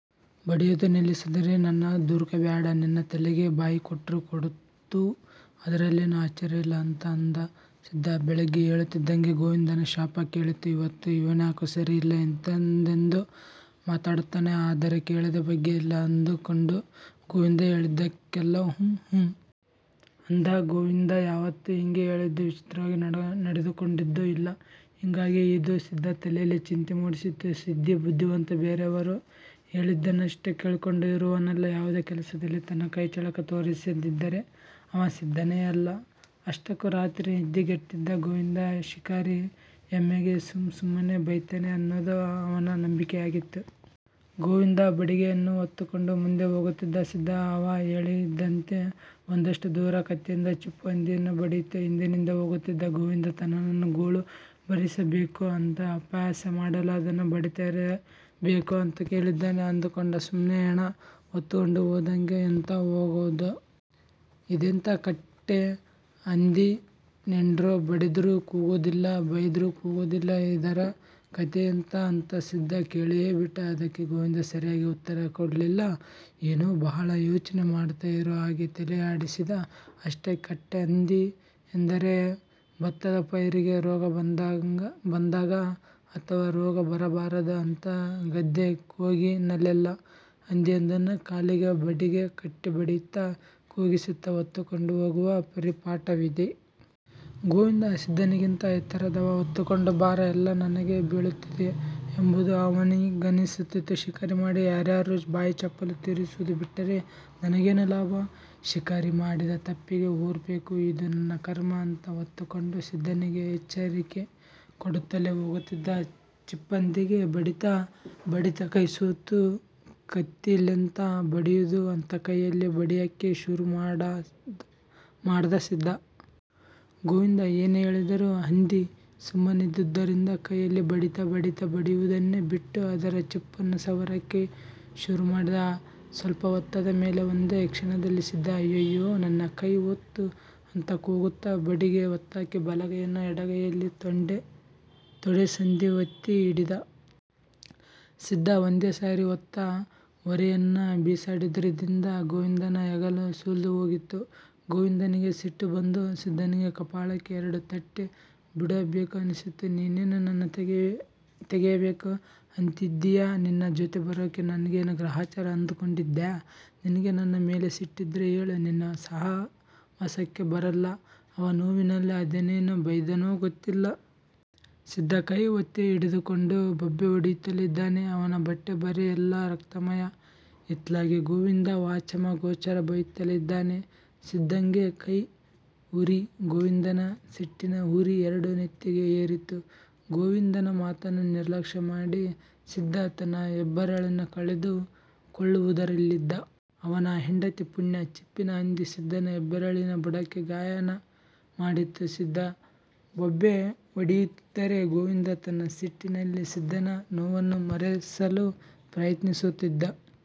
ಬಡಿಯೋದು ನಿಲ್ಲಿಸಿದರೆ, ನನ್ನ ದೂರ್ಕೊಬ್ಯಾಡ. ನಿನ್ನ ತಲೆಗೇ ಬಾಯಿ ಕೊಟ್ರು ಕೊಡ್ತು. ಅದರಲ್ಲೇನ್ ಆಶ್ಚರ್ಯ ಇಲ್ಲಾ' ಅಂತ ಅಂದ. ಸಿದ್ದ ಬೆಳಿಗ್ಗೆ ಏಳುತ್ತಿದ್ದಂಗೆ ಗೋವಿಂದನ ಶಾಪ ಕೇಳಿ ಇವತ್ತು ಇವನ್ಯಾಕೋ ಸರಿಯಿಲ್ಲ, ಎಂತೆಂತದೋ ಮಾತಾಡ್ತಾನೆ, ಅದರೆ ಕೇಳದೇ ಬಗೆ ಇಲ್ಲ ಅಂದುಕೊಂಡು ಗೋವಿಂದ ಹೇಳಿದ್ದಕ್ಕೆಲ್ಲಾ 'ಹುಂಹುಂ.. ' ಅಂದ. ಗೋವಿಂದ ಯಾವತ್ತೂ ಹಿಂಗೆ ಹೇಳಿದ್ದು, ವಿಚಿತ್ರವಾಗಿ ನಡ್ಕೊಂಡಿದ್ದು ಇಲ್ಲ. ಹಿಂಗಾಗಿ ಇದು ಸಿದ್ದ ತಲೇಲಿ ಚಿಂತೆ ಮೂಡ್ಸಿತ್ತು. ಸಿದ್ದ ಬುದ್ಧಿವಂತ ಬೇರೆಯವರು ಹೇಳಿದ್ದನ್ನಷ್ಟೆ ಕೇಳ್ಕೊಂಡು ಇರುವವನಲ್ಲ. ಯಾವುದೇ ಕೆಲಸದಲ್ಲಿ ತನ್ನ ಕೈಚಳಕ ತೋರಿಸದಿದ್ದರೆ ಅವ ಸಿದ್ದನೇ ಅಲ್ಲ. ಅಷ್ಟಕ್ಕೂ ರಾತ್ರಿ ನಿದ್ದೆ ಗೆಟ್ಟಿದ್ದ ಗೋವಿಂದ ಶಿಕಾರಿ ಹೆಮ್ಮೆಗೆ ಸುಮ್ ಸುಮ್ಮನೆ ಬೈತನೇ ಅನ್ನೋದು ಅವನ ನಂಬಿಕೆಯಾಗಿತ್ತು. ಗೋವಿಂದ ಬಡಿಗೆಯನ್ನು ಹೊತ್ತುಕೊಂಡು ಮುಂದೆ ಹೋಗುತ್ತಿದ್ದ. ಸಿದ್ದ ಅವಹೇಳಿದಂತೆ ಒಂದಷ್ಟು ದೂರ ಕತ್ತಿಯಿಂದ ಚಿಪ್ಪುಹಂದಿಯನ್ನ ಬಡಿಯುತ್ತ ಹಿಂದಿನಿಂದ ಹೋಗುತ್ತಿದ್ದ. ಗೋವಿಂದ ತನ್ನನ್ನು ಗೋಳು ಬರಿಸಬೇಕು ಅಂಥ ಅಪಹಾಸ್ಯ ಮಾಡಲು ಅದನ್ನು ಬಡಿತಾ ಇರಬೇಕು ಅಂತ ಹೇಳಿದ್ದಾನೆ ಅದ್ಕೊಂಡ. 'ಸುಮ್ನೆ ಹೆಣ ಹೊತ್ಗೊಂಡು ಹೋದಂಗೆ ಎಂಥಾ ಹೋಗದು. ಇದೆಂಥಾ ಕಟ್ಟೆ ಹಂದಿನೇಂಡ್ರೋ, ಬಡಿದ್ರೂ ಕೂಗೋದಿಲ್ಲ, ಬೈದ್ರೂ ಕೂಗೋದಿಲ್ಲ, ಇದರ ಕತೆಯೆಂತಾ' ಅಂತ ಸಿದ್ದ ಕೇಳಿಯೇ ಬಿಟ್ಟ. ಅದಕ್ಕೆ ಗೋವಿಂದ ಸರಿಯಾಗಿ ಉತ್ತರ ಕೊಡ್ಲಿಲ್ಲ. ಏನೋ ಬಹಳ ಯೋಚ್ನೆ ಮಾಡ್ತಾ ಇರೋಹಾಗೆ ತಲೆಯಾಡಿಸಿದ ಅಷ್ಟೇ. ಕಟ್ಟೆ ಹಂದಿ ಎಂದರೆ ಬತ್ತದ ಪೈರಿಗೆ ರೋಗ ಬಂದಾಗ ಅಥವಾ ರೋಗ ಬರಬಾರದು ಅಂತ ಗದ್ದೆ ಕೊಗಿನಲ್ಲೆಲ್ಲ ಹಂದಿಯೊಂದನ್ನು ಕಾಲಿಗೆ ಬಡಿಗೆ ಕಟ್ಟಿ ಬಡಿಯುತ್ತ ಕೂಗಿಸುತ್ತ ಹೊತ್ತುಕೊಂಡು ಹೋಗುವ ಪರಿಪಾಠವಿದೆ. ಗೋವಿಂದ ಸಿದ್ದನಿಗಿಂತ ಎತ್ತರದವ. ಹೊತ್ತುಕೊಂಡ ಬಾರ ಎಲ್ಲಾ ನನಗೆ ಬಿಳುತ್ತಿದೆ ಎಂಬುದು ಅವನಿಗನ್ನಿಸುತ್ತಿತ್ತು. ಶಿಕಾರಿ ಮಾಡಿ ಯಾರ್ಯರೋ ಬಾಯಿ ಚಪಲ ತಿರಿಸುವುದು ಬಿಟ್ಟರೆ ನನಗೇನು ಲಾಭ? ಶಿಕಾರಿ ಮಾಡಿದ ತಪ್ಪಿಗೆ ಹೊರ್ಬೇಕು, ಇದು ನನ್ನ ಕರ್ಮ ಅಂತ ಹೊತ್ತುಕೊಂಡು, ಸಿದ್ದನಿಗೆ ಎಚ್ಚರಿಕೆ ಕೊಡುತ್ತಲೇ ಹೋಗ್ತಿದ್ದ. ಚಿಪ್ಪಂದಿಗೆ ಬಡಿತಾ ಬಡಿತಾ ಕೈ ಸೋತು, ಕತ್ತಿಲ್ಲೆಂತಾ ಬಡಿಯುವುದು ಅಂತ ಕೈಯಲ್ಲಿ ಬಡಿಯಕ್ಕೆ ಶುರು ಮಾಡ್ದ ಸಿದ್ದ. ಗೋವಿಂದ ಏನೇ ಹೇಳಿದ್ರೂ ಹಂದಿ ಸುಮ್ಮನಿದ್ದುದ್ದರಿಂದ ಕೈಯಲ್ಲಿ ಬಡಿತಾ ಬಡಿತಾ ಬಡಿಯುವುದನ್ನೂ ಬಿಟ್ಟು ಅದರ ಚಿಪ್ಪನ್ನು ಸವರಕ್ಕೆ ಶುರುಮಾಡ್ದ. ಸ್ವಲ್ಪ ಹೊತ್ತಾದ ಮೇಲೆ ಒಂದೇ ಕ್ಷಣದಲ್ಲಿ ಸಿದ್ದ 'ಅಯ್ಯಯ್ಯೊ ನನ್ನ ಕೈಯ್ ಹೋತು' ಅಂತ ಕೂಗುತ್ತಾ, ಬಡಿಗೆ ಹೊತ್ತಾಕಿ ಬಲಗೈಯನ್ನು ಎಡಗೈಯಲ್ಲಿ ತೊಡೆ ಸಂದಿ ಒತ್ತಿ ಹಿಡಿದ. ಸಿದ್ದ ಒಂದೇ ಸಾರಿ ಹೊತ್ತ ಹೊರೆಯನ್ನ ಬಿಸಾಡಿದ್ರಿಂದ ಗೋವಿಂದನ ಹೆಗಲು ಸುಲ್ದ್ ಹೋಗಿತ್ತು. ಗೋವಿಂದನಿಗೆ ಸಿಟ್ಟು ಬಂದು ಸಿದ್ದನಿಗೆ ಕಪಾಳಕ್ಕೆ ಎರಡು ತಟ್ಟೇ ಬಿಡಬೇಕು ಅನ್ನಿಸ್ತು. 'ನೀನೇನ್ ನನ್ನ ತೆಗೆಯಬೇಕು ಅಂತಿದ್ದಿಯಾನಿನ್ನ ಜೊತೆ ಬರೋಕೆ ನಂಗೇನು ಗ್ರಹಚಾರ ಅಂದ್ಕೊಂಡಿದ್ಯಾ. ನಿಂಗೆ ನನ್ನ ಮೇಲೆ ಸಿಟ್ಟಿದ್ರೆ ಹೇಳು ನಿನ್ನ ಸವಾಸಕ್ಕೆ ಬರಲ್ಲ' ಅವ ನೋವಿನಲ್ಲಿ ಅದೇನೇನ್ ಬೈದನೋ ಗೊತ್ತಿಲ್ಲ. ಸಿದ್ದ ಕೈ ಒತ್ತಿ ಹಿಡಿದುಕೊಂಡು ಬೊಬ್ಬೆಹೊಡೆಯುತ್ತಲೇ ಇದ್ದಾನೆ. ಅವನ ಬಟ್ಟೆ ಬರೆ ಎಲ್ಲ ರಕ್ತಮಯ. ಇತ್ಲಗೆ ಗೋವಿಂದ ವಾಚಮಗೋಚರ ಬೈಯುತ್ತಲೇ ಇದ್ದಾನೆ, ಸಿದ್ದಂಗೆ ಕೈ ಉರಿ, ಗೋವಿಂದನ ಸಿಟ್ಟಿನ ಉರಿ ಎರಡೂ ನೆತ್ತಿಗೆ ಏರಿತ್ತು. ಗೋವಿಂದನ ಮಾತನ್ನು ನಿರ್ಲಕ್ಷ್ಯ ಮಾಡಿ ಸಿದ್ದ ತನ್ನ ಹೆಬ್ಬೆರಳನ್ನ ಕಳೆದು ಕೊಳ್ಳುವುದರಲ್ಲಿದ್ದ. ಅವನ ಹೆಂಡತಿ ಪುಣ್ಯ, ಚಿಪ್ಪಿನ ಹಂದಿ ಸಿದ್ದನ ಹೆಬ್ಬೆರಳಿನ ಬುಡಕ್ಕೆ ಗಾಯ ಮಾಡಿತ್ತು. ಸಿದ್ದ ಬೊಬ್ಬೆ ಹೊಡಿಯುತ್ತಿದರೆ, ಗೋವಿಂದ ತನ್ನ ಸಿಟ್ಟಿನಲ್ಲಿ ಸಿದ್ದನ ನೋವನ್ನು ಮರೆಸಲು ಪ್ರಯತ್ನಿಸುತ್ತಿದ್ದ.